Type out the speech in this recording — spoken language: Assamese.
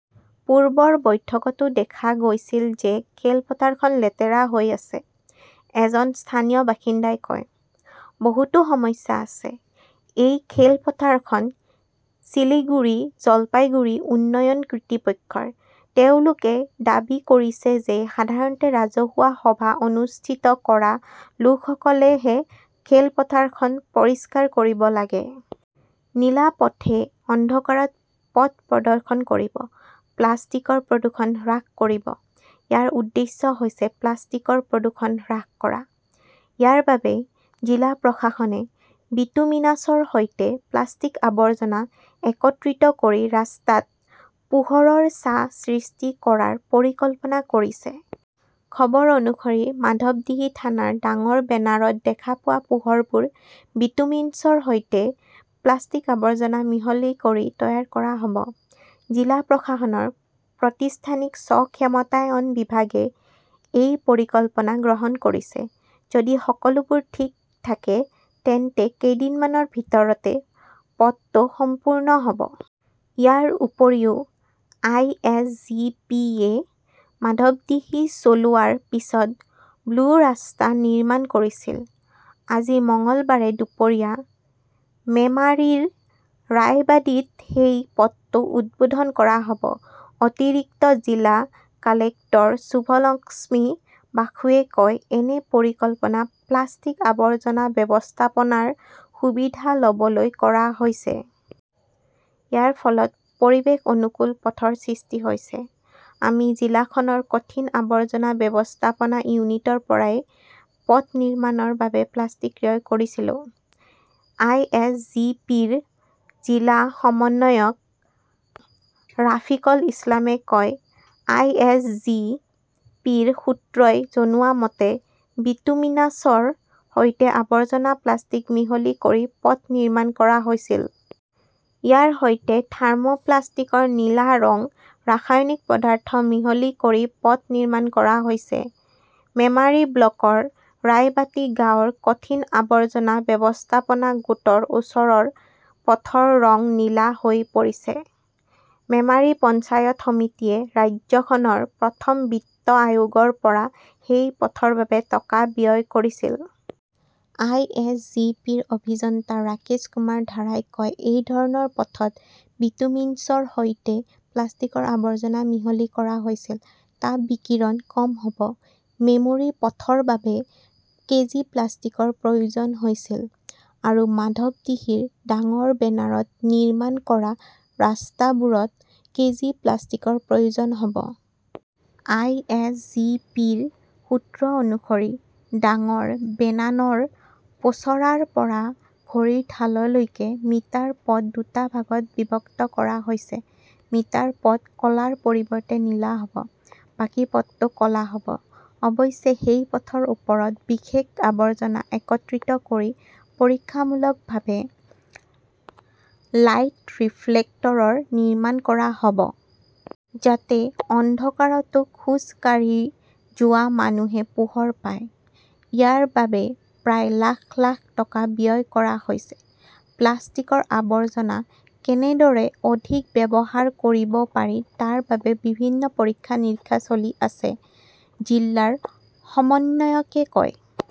"পূৰ্বৰ বৈঠকতো দেখা গৈছিল যে খেলপথাৰখন লেতেৰা হৈ আছে", এজন স্থানীয় বাসিন্দাই কয়। বহুতো সমস্যা আছে। এই খেলপথাৰখন শিলিগুড়ি-জলপাইগুড়ি উন্নয়ন কৰ্তৃপক্ষৰ। তেওঁলোকে দাবী কৰিছে যে সাধাৰণতে ৰাজহুৱা সভা অনুষ্ঠিত কৰা লোকসকলেহে খেলপথাৰখন পৰিষ্কাৰ কৰিব লাগে। 'নীলা পথে' অন্ধকাৰত পথ প্ৰদৰ্শন কৰিব, প্লাষ্টিকৰ প্ৰদূষণ হ্ৰাস কৰিব।‌‌ ইয়াৰ উদ্দেশ্য হৈছে প্লাষ্টিকৰ প্ৰদূষণ হ্ৰাস কৰা। ইয়াৰ বাবে জিলা প্ৰশাসনে বিটুমিনাছৰ সৈতে প্লাষ্টিক-আৱৰ্জনা একত্ৰিত কৰি ৰাস্তাত পোহৰৰ ছাঁ সৃষ্টি কৰাৰ পৰিকল্পনা কৰিছে। খবৰ অনুসৰি, মাধৱদীহি থানাৰ ডাঙৰ বেনাৰত দেখা পোৱা পোহৰবোৰ বিটুমিনছৰ সৈতে প্লাষ্টিক-আৱৰ্জনা মিহলি কৰি তৈয়াৰ কৰা হ 'ব। জিলা প্ৰশাসনৰ প্ৰতিষ্ঠানিক স্ব-ক্ষমতায়ন বিভাগে এই পৰিকল্পনা গ্ৰহণ কৰিছে। যদি সকলোবোৰ ঠিক থাকে, তেন্তে কেইদিনমানৰ ভিতৰতে পথটো সম্পূৰ্ণ হ'ব। ইয়াৰ উপৰিও, আই. এছ. জি. পি. -য়ে মাধৱদীহি চলোৱাৰ পিছত 'ব্লু ৰাস্তা' নিৰ্মাণ কৰিছিল। আজি, মঙলবাৰে দুপৰীয়া মেমাৰীৰ ৰায়বাদীত সেই পথটো উদ্বোধন কৰা হ'ব। অতিৰিক্ত জিলা কালেক্টৰ শুভলক্ষ্মী বসুৱে কয়, "এনে পৰিকল্পনা প্লাষ্টিক-আৱৰ্জনা ব্যৱস্থাপনাৰ সুবিধা ল'বলৈ কৰা হৈছে। ইয়াৰ ফলত পৰিৱেশ অনুকূল পথৰ সৃষ্টি হৈছে। আমি জিলাখনৰ কঠিন আৱৰ্জনা ব্যৱস্থাপনা ইউনিটৰ পৰাই পথ নিৰ্মাণৰ বাবে প্লাষ্টিক ক্ৰয় কৰিছিলো"। আইএছজিপিৰ জিলা সমন্বয়ক ৰাফিকল ইছলামে কয়, "আই. এছ. জি. পি. -ৰ সূত্ৰই জনোৱা মতে, বিটুমিনাছৰ সৈতে আৱৰ্জনা-প্লাষ্টিক মিহলি কৰি পথ নিৰ্মাণ কৰা হৈছিল। ইয়াৰ সৈতে থাৰ্মো-প্লাষ্টিকৰ নীলা ৰং, ৰাসায়নিক পদাৰ্থ মিহলি কৰি পথ নিৰ্মাণ কৰা হৈছে"। মেমৰী ব্লকৰ ৰায়বাটি গাঁৱৰ কঠিন আৱৰ্জনা ব্যৱস্থাপনা গোটৰ ওচৰৰ পথৰ ৰং নীলা হৈ পৰিছে। মেমৰি পঞ্চায়ত সমিতিয়ে ৰাজ্যখনৰ পঞ্চম বিত্ত আয়োগৰ পৰা সেই পথৰ বাবে টকা ব্যয় কৰিছিল। আই. এছ. জি. পি. -ৰ অভিযন্তা ৰাকেশ কুমাৰ ধাৰাই কয়, "এই ধৰণৰ পথত বিটুমিনছৰ সৈতে প্লাষ্টিকৰ আৱৰ্জনা মিহলি কৰা হৈছিল। " তাপ-বিকিৰণ কম হ'ব। মেমৰীৰ পথৰ বাবে কেজি প্লাষ্টিকৰ প্ৰয়োজন হৈছিল। আৰু মাধৱদীহিৰ ডাঙৰ বেনানত নিৰ্মাণ কৰা ৰাস্তাবোৰত কেজি প্লাষ্টিকৰ প্ৰয়োজন হ'ব। আই. এছ. জি. পি. -ৰ সূত্ৰ অনুসৰি, ডাঙৰ বেনানৰ পোচৰাৰ পৰা ঘড়ীৰ ঢাললৈকে মিটাৰ পথ দুটা ভাগত বিভক্ত কৰা হৈছে। মিটাৰ পথ ক'লাৰ পৰিৱৰ্তে নীলা হ'ব। বাকী পথটো ক'লা হ'ব। অৱশ্যে, সেই পথৰ ওপৰত বিশেষ আৱৰ্জনা একত্ৰিত কৰি পৰীক্ষামূলকভাৱে 'লাইট ৰিফ্লেক্টৰ' নিৰ্মাণ কৰা হ'ব। যাতে অন্ধকাৰতো খোজ কাঢ়ি যোৱা মানুহে পোহৰ পায়। ইয়াৰ বাবে প্ৰায় লাখ লাখ টকা ব্যয় কৰা হৈছে। "প্লাষ্টিকৰ আৱৰ্জনা কেনেদৰে অধিক ব্যৱহাৰ কৰিব পাৰি তাৰ বাবে বিভিন্ন পৰীক্ষা-নিৰীক্ষা চলি আছে", জিলাৰ সমন্বয়কে কয়।